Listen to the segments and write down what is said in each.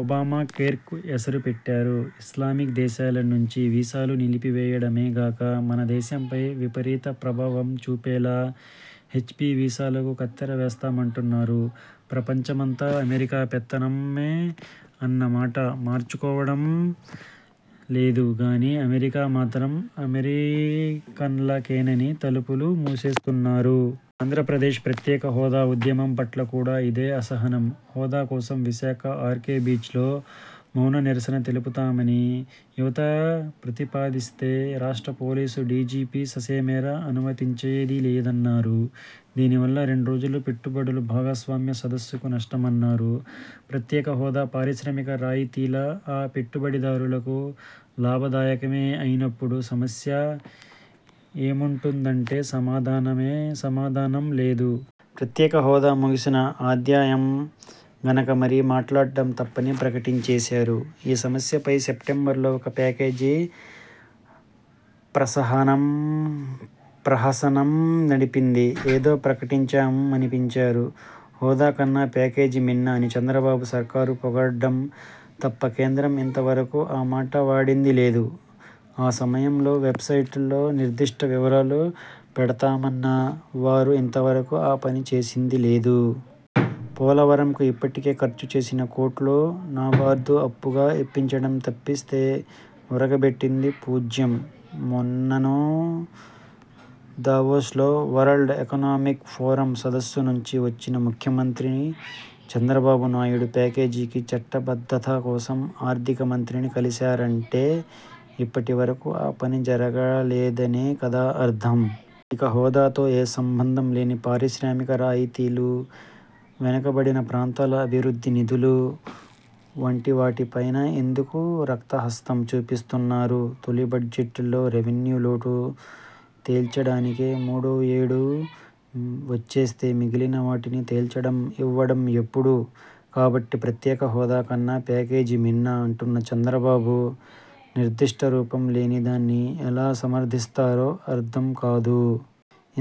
Obama కేర్కు ఎసరు పెట్టారు. ఇస్లామిక్ దేశాల నుంచి వీసాలు నిలిపివేయడమే గాక మన దేశంపై విపరీత ప్రభావం చూపేలా హెచ్ బీ వీసాలకు కత్తెర వేస్తామంటున్నారు. ప్రపంచమంతా అమెరికా పెత్తనమే అన్న మాట మార్చుకోవడం లేదు గానీ అమెరికా మాత్రం అమెరికన్లకేనని తలుపులు మూసేస్తున్నారు. ఆంధ్రప్రదేశ్ ప్రత్యేక హోదా ఉద్యమం పట్ల కూడా ఇదే అసహనం. హోదా కోసం విశాఖ ఆర్కే బీచ్లో మౌన నిరసన తెల్పుతామని యువత ప్రతిపాదిస్తే రాష్ట్ర పోలీసు డీజీపీ ససేమిరా అనుమతించేది లేదన్నారు. దీనివల్ల రెండు రోజుల పెట్టుబడుల భాగస్వామ్య సదస్సుకు నష్టమన్నారు. ప్రత్యేక హోదా పారిశ్రామిక రాయితీలు ఆ పెట్టుబడిదారులకు లాభదాయకమే అయినప్పుడు సమస్య ఏముంటుందంటే సమాధానం లేదు. ప్రత్యేకహోదా ముగిసిన అధ్యాయం గనక మరి మాట్లాడ్డం తప్పని ప్రకటించేశారు. ఈ సమస్యపై సెప్టెంబరులో ఒక ప్యాకేజీ ప్రహసనం నడిపించి ఏదో ప్రకటించామనిపించారు. హోదా కన్నా ప్యాకేజీ మిన్న అని చంద్రబాబు సర్కారు పొగడ్డం తప్ప కేంద్రం ఇంతవరకూ ఆ మాట వాడింది లేదు. ఆ సమయంలో వెబ్సైట్లో నిర్దిష్ట వివరాలు పెడతామన్న వారు ఇంతవరకూ ఆ పనిచేసింది లేదు. పోలవరంకు ఇప్పటికే ఖర్చు చేసిన కోట్లు నాబార్దు అప్పుగా ఇప్పించడం తప్పిస్తే ఒరగబెట్టింది పూజ్యం. మొన్ననే దావోస్లో వరల్డ్ ఎకనామిక్ ఫోరం సదస్సు నుంచి వచ్చిన ముఖ్యమంత్రి చంద్రబాబు నాయుడు ప్యాకేజీకి చట్టబద్ధత కోసం ఆర్థిక మంత్రిని కలిశారంటే ఇప్పటి వరకూ ఆ పని జరగలేదనే కదా అర్థం? ఇక హోదాతో ఏ సంబంధం లేని పారిశ్రామిక రాయితీలు, వెనకబడిన ప్రాంతాల అభివృద్ధి నిధులు వంటివాటిపైనా ఎందుకు రక్త హస్తం చూపిస్తున్నారు? –- తొలి బడ్జెట్లో రెవెన్యూలోటు తేల్చడానికే మూడో ఏడు వచ్చేస్తే మిగిలిన వాటిని తేల్చడం, ఇవ్వడం ఎప్పుడు? కాబట్టి ప్రత్యేక హోదా కన్నా ప్యాకేజీ మిన్న అంటున్న చంద్రబాబు నిర్దిష్టరూపం లేనిదాన్ని ఎలా సమర్థిస్తున్నారో అర్థం కాదు.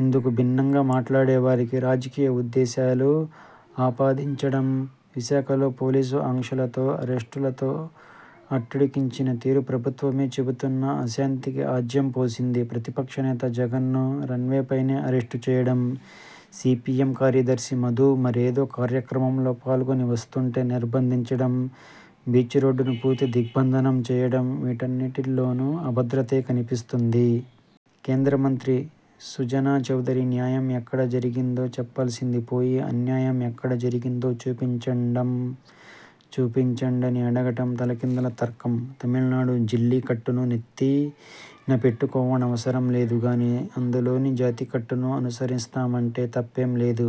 ఇందుకు భిన్నంగా మాట్లాడేవారికి రాజకీయ ఉద్దేశాలు ఆపాదించడం, విశాఖలో పోలీసు ఆంక్షలతో అరెస్టులతో అట్టుడికించిన తీరు ప్రభుత్వమే చెబుతున్న అశాంతికి ఆజ్యం పోసింది. ప్రతిపక్ష నేత జగన్ను రన్వేపైనే అరెస్టు చేయడం, సీపీఎం కార్యదర్శి మధు మరేదో కార్యక్రమంలో పాల్గొని వస్తుంటే నిర్బంధించడం, బీచ్ రోడ్డును పూర్తి దిగ్బంధనం చేయడం వీటన్నిటిలోనూ అభద్రతే కనిపిస్తుంది. కేంద్ర మంత్రి సుజనా చౌదరి న్యాయం ఎక్కడ జరిగిందో చెప్పాల్సింది పోయి అన్యాయం ఎక్కడ జరిగిందో చూపించండని అడగడం తలకిందుల తర్కం. తమిళనాడు జల్లికట్టును నెత్తినపెట్టుకోనవసరం లేదు గాని అందులోని జాతికట్టును అనుసరిస్తామంటే తప్పేం లేదు.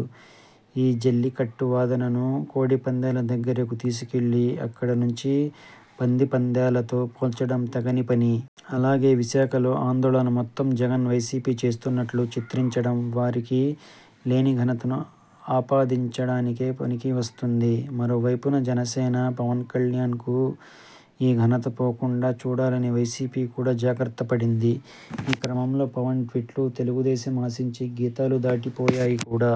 ఈ జల్లికట్టు వాదనను కోడిపందేల దగ్గరకు తీసుకెళ్లి అక్కడ నుంచి పంది పందేలతో పోల్చడం తగని పని. అలాగే విశాఖలో ఆందోళన మొత్తం జగన్ వైసీపీ చేస్తున్నట్టు చిత్రించడం వారికి లేని ఘనతను ఆపాదించడానికే పనికి వస్తుంది. మరోవైపున జనసేన పవన్కళ్యాణ్కు ఈ ఘనత పోకుండా చూడాలని వైసీపీ కూడా జాగ్రత్త పడింది. ఈ క్రమంలో పవన్ ట్వీట్లు తెలుగుదేశం ఆశించే గీతలు దాటిపోయాయి కూడా.